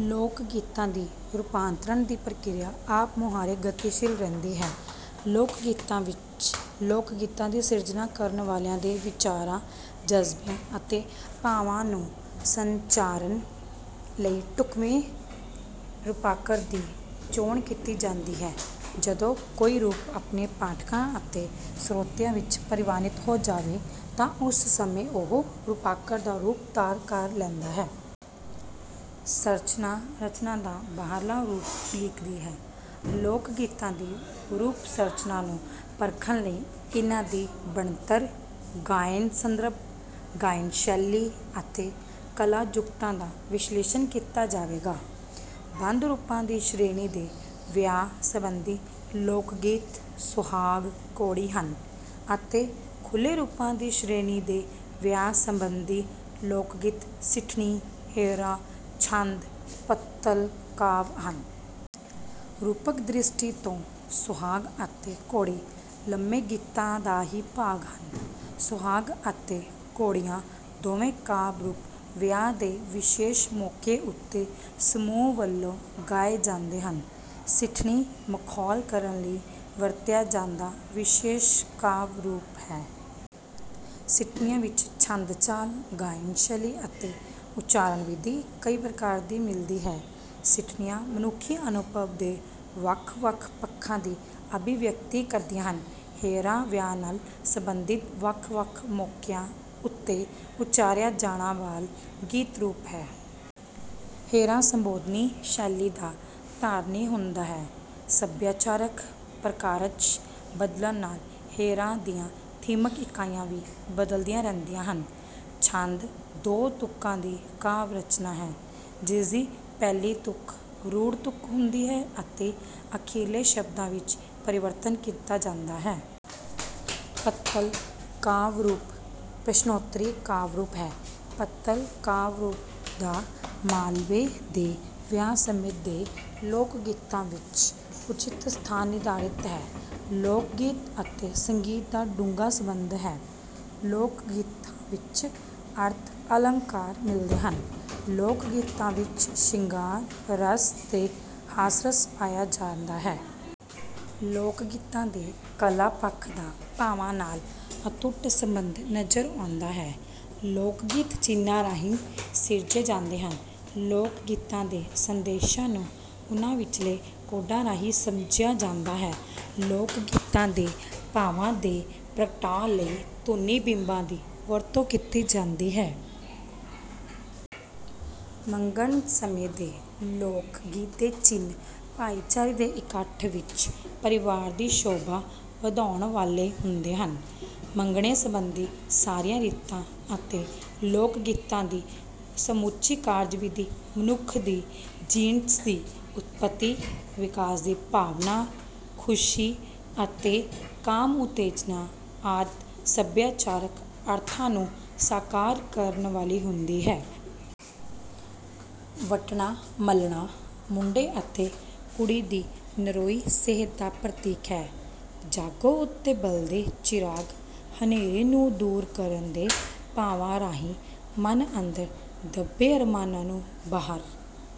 ਲੋਕਗੀਤਾਂ ਦੀ ਰੂਪਾਂਤਰਨ ਦੀ ਪ੍ਰਕਿਰਿਆ ਆਪ-ਮੁਹਾਰੇ ਗਤੀਸ਼ੀਲ ਰਹਿੰਦੀ ਹੈ। ਲੋਕਗੀਤਾਂ ਵਿੱਚ ਲੋਕਗੀਤਾਂ ਦੀ ਸਿਰਜਣਾ ਕਰਨ ਵਾਲਿਆਂ ਦੇ ਵਿਚਾਰਾਂ, ਜਜ਼ਬਿਆਂ ਅਤੇ ਭਾਵਾਂ ਨੂੰ ਸੰਚਾਰਨ ਲਈ ਢੁੱਕਵੇਂ ਰੂਪਾਕਾਰ ਦੀ ਚੋਣ ਕੀਤੀ ਜਾਂਦੀ ਹੈ। ਜਦੋਂ ਕੋਈ ਰੂਪ ਆਪਣੇ ਪਾਠਕਾਂ ਅਤੇ ਸਰੋਤਿਆਂ ਵਿੱਚ ਪ੍ਰਵਾਨਿਤ ਹੋ ਜਾਵੇ, ਤਾਂ ਉਸ ਸਮੇਂ ਉਹ ਰੂਪਾਕਾਰ ਦਾ ਰੂਪ ਧਾਰ ਲੈਂਦਾ ਹੈ। ਸੰਰਚਨਾ ਰਚਨਾ ਦਾ ਬਾਹਰਲਾ ਰੂਪ ਉਲੀਕਦੀ ਹੈ। ਲੋਕਗੀਤਾਂ ਦੀ ਰੂਪ-ਸੰਰਚਨਾ ਨੂੰ ਪਰਖਣ ਲਈ ਇਨ੍ਹਾਂ ਦੀ ਬਣਤਰ, ਗਾਇਨ-ਸੰਦਰਭ, ਗਾਇਨ-ਸ਼ੈਲੀ ਅਤੇ ਕਲਾ-ਜੁਗਤਾਂ ਦਾ ਵਿਸ਼ਲੇਸ਼ਣ ਕੀਤਾ ਜਾਵੇਗਾ। ਬੰਦ ਰੂਪਾਂ ਦੀ ਸ਼੍ਰੇਣੀ ਦੇ ਵਿਆਹ ਸਬੰਧੀ ਲੋਕਗੀਤ ਸੁਹਾਗ-ਘੋੜੀ ਹਨ, ਅਤੇ ਖੁੱਲ੍ਹੇ ਰੂਪਾਂ ਦੀ ਸ਼੍ਰੇਣੀ ਦੇ ਵਿਆਹ ਸੰਬੰਧੀ ਲੋਕਗੀਤ ਸਿੱਠਣੀ, ਹੇਅਰਾ, ਛੰਦ, ਪੱਤਲ ਕਾਵਿ ਹਨ। ਰੂਪਕ-ਦ੍ਰਿਸ਼ਟੀ ਤੋਂ ਸੁਹਾਗ ਅਤੇ ਘੋੜੀ ਲੰਮੇ ਗੀਤਾਂ ਦਾ ਹੀ ਭਾਗ ਹਨ। ਸੁਹਾਗ ਅਤੇ ਘੋੜੀਆਂ ਦੋਵੇਂ ਕਾਵਿ-ਰੂਪ ਵਿਆਹ ਦੇ ਵਿਸ਼ੇਸ਼ ਮੌਕੇ ਉੱਤੇ ਸਮੂਹ ਵੱਲੋਂ ਗਾਏ ਜਾਂਦੇ ਹਨ। ਸਿੱਠਣੀ ਮਖੌਲ ਕਰਨ ਲਈ ਵਰਤਿਆ ਜਾਂਦਾ ਵਿਸ਼ੇਸ਼ ਕਾਵਿ-ਰੂਪ ਹੈ। ਸਿੱਠਣੀਆਂ ਵਿੱਚ ਛੰਦ-ਚਾਲ, ਗਾਇਨ-ਸ਼ੈਲੀ ਅਤੇ ਉਚਾਰਨ-ਵਿਧੀ ਕਈ ਪ੍ਰਕਾਰ ਦੀ ਮਿਲਦੀ ਹੈ। ਸਿੱਠਣੀਆਂ ਮਨੁੱਖੀ ਅਨੁਭਵ ਦੇ ਵੱਖ-ਵੱਖ ਪੱਖਾਂ ਦੀ ਅਭਿਵਿਅਕਤੀ ਕਰਦੀਆਂ ਹਨ। ਹੇਅਰਾ ਵਿਆਹ ਨਾਲ ਸਬੰਧਿਤ ਵੱਖ-ਵੱਖ ਮੌਕਿਆਂ ਉੱਤੇ ਉਚਾਰਿਆ ਜਾਣਾ ਵਾਲ ਗੀਤ-ਰੂਪ ਹੈ। ਹੇਅਰਾ ਸੰਬੋਧਨੀ ਸ਼ੈਲੀ ਦਾ ਧਾਰਨੀ ਹੁੰਦਾ ਹੈ। ਸੱਭਿਆਚਾਰਕ ਪ੍ਰਕਾਰਜ ਬਦਲਣ ਨਾਲ ਹੇਅਰਾ ਦੀਆਂ ਥੀਮਕ ਇਕਾਈਆਂ ਵੀ ਬਦਲਦੀਆਂ ਰਹਿੰਦੀਆਂ ਹਨ। ਛੰਦ ਦੋ ਤੁਕਾਂ ਦੀ ਕਾਵਿ-ਰਚਨਾ ਹੈ, ਜਿਸਦੀ ਪਹਿਲੀ ਤੁਕ ਰੂੜ੍ਹ ਤੁਕ ਹੁੰਦੀ ਹੈ ਅਤੇ ਅਖਰੀਲੇ ਸ਼ਬਦਾਂ ਵਿੱਚ ਪਰਿਵਰਤਨ ਕੀਤਾ ਜਾਂਦਾ ਹੈ। ਪੱਤਲ ਕਾਵਿ-ਰੂਪ ਪ੍ਰਸ਼ਨੋਤਰੀ ਕਾਵਿ-ਰੂਪ ਹੈ। ਪੱਤਲ ਕਾਵਿ-ਰੂਪ ਦਾ ਮਾਲਵੇ ਦੇ ਵਿਆਹ ਸਮੇਂ ਦੇ ਲੋਕਗੀਤਾਂ ਵਿੱਚ ਉਚਿਤ ਸਥਾਨ ਨਿਰਧਾਰਤ ਹੈ। ਲੋਕਗੀਤ ਅਤੇ ਸੰਗੀਤ ਦਾ ਡੂੰਘਾ ਸੰਬੰਧ ਹੈ। ਲੋਕਗੀਤਾਂ ਵਿੱਚ ਅਰਥ-ਅਲੰਕਾਰ ਮਿਲਦੇ ਹਨ। ਲੋਕਗੀਤਾਂ ਵਿੱਚ ਸ਼ਿੰਗਾਰ ਰਸ ਤੇ ਹਾਸਰਸ ਪਾਇਆ ਜਾਂਦਾ ਹੈ। ਲੋਕਗੀਤਾਂ ਦੇ ਕਲਾ-ਪੱਖ ਦਾ ਭਾਵਾਂ ਨਾਲ ਅਤੁੱਟ ਸੰਬੰਧ ਨਜ਼ਰ ਆਉਂਦਾ ਹੈ। ਲੋਕਗੀਤ ਚਿੰਨ੍ਹਾਂ ਰਾਹੀਂ ਸਿਰਜੇ ਜਾਂਦੇ ਹਨ। ਲੋਕਗੀਤਾਂ ਦੇ ਸੰਦੇਸ਼ਾਂ ਨੂੰ ਉਨ੍ਹਾਂ ਵਿਚਲੇ ਕੋਡਾਂ ਰਾਹੀਂ ਸਮਝਿਆ ਜਾਂਦਾ ਹੈ। ਲੋਕਗੀਤਾਂ ਦੇ ਭਾਵਾਂ ਦੇ ਪ੍ਰਗਟਾਅ ਲਈ ਧੁਨੀ-ਬਿੰਬਾਂ ਦੀ ਵਰਤੋਂ ਕੀਤੀ ਜਾਂਦੀ ਹੈ। ਮੰਗਣੇ ਸਮੇਂ ਦੇ ਲੋਕਗੀਤ ਦੇ ਚਿੰਨ੍ਹ ਭਾਈਚਾਰੇ ਦੇ ਇਕੱਠ ਵਿੱਚ ਪਰਿਵਾਰ ਦੀ ਸ਼ੋਭਾ ਵਧਾਉਣ ਵਾਲੇ ਹੁੰਦੇ ਹਨ। ਮੰਗਣੇ ਸੰਬੰਧੀ ਸਾਰੀਆਂ ਰੀਤਾਂ ਅਤੇ ਲੋਕਗੀਤਾਂ ਦੀ ਸਮੁੱਚੀ ਕਾਰਜਵਿਧੀ ਮਨੁੱਖ ਦੀ ਜਿਣਸ ਦੀ ਉਤਪਤੀ, ਵਿਕਾਸ ਦੀ ਭਾਵਨਾ, ਖੁਸ਼ੀ ਅਤੇ ਕਾਮ-ਉਤੇਜਨਾ ਆਦਿ ਸਭਿਆਚਾਰਕ ਅਰਥਾਂ ਨੂੰ ਸਾਕਾਰ ਕਰਨ ਵਾਲੀ ਹੁੰਦੀ ਹੈ। ਵਟਣਾ-ਮਲਣਾ ਮੁੰਡੇ ਅਤੇ ਕੁੜੀ ਦੀ ਨਰੋਈ ਸਿਹਤ ਦਾ ਪ੍ਰਤੀਕ ਹੈ। ਜਾਗੋ ਉੱਤੇ ਬਲਦੇ ਚਿਰਾਗ ਹਨੇਰੇ ਨੂੰ ਦੂਰ ਕਰਨ ਦੇ ਭਾਵਾਂ ਰਾਹੀਂ ਮਨ ਅੰਦਰ ਦੱਬੇ ਅਰਮਾਨਾਂ ਨੂੰ ਬਾਹਰ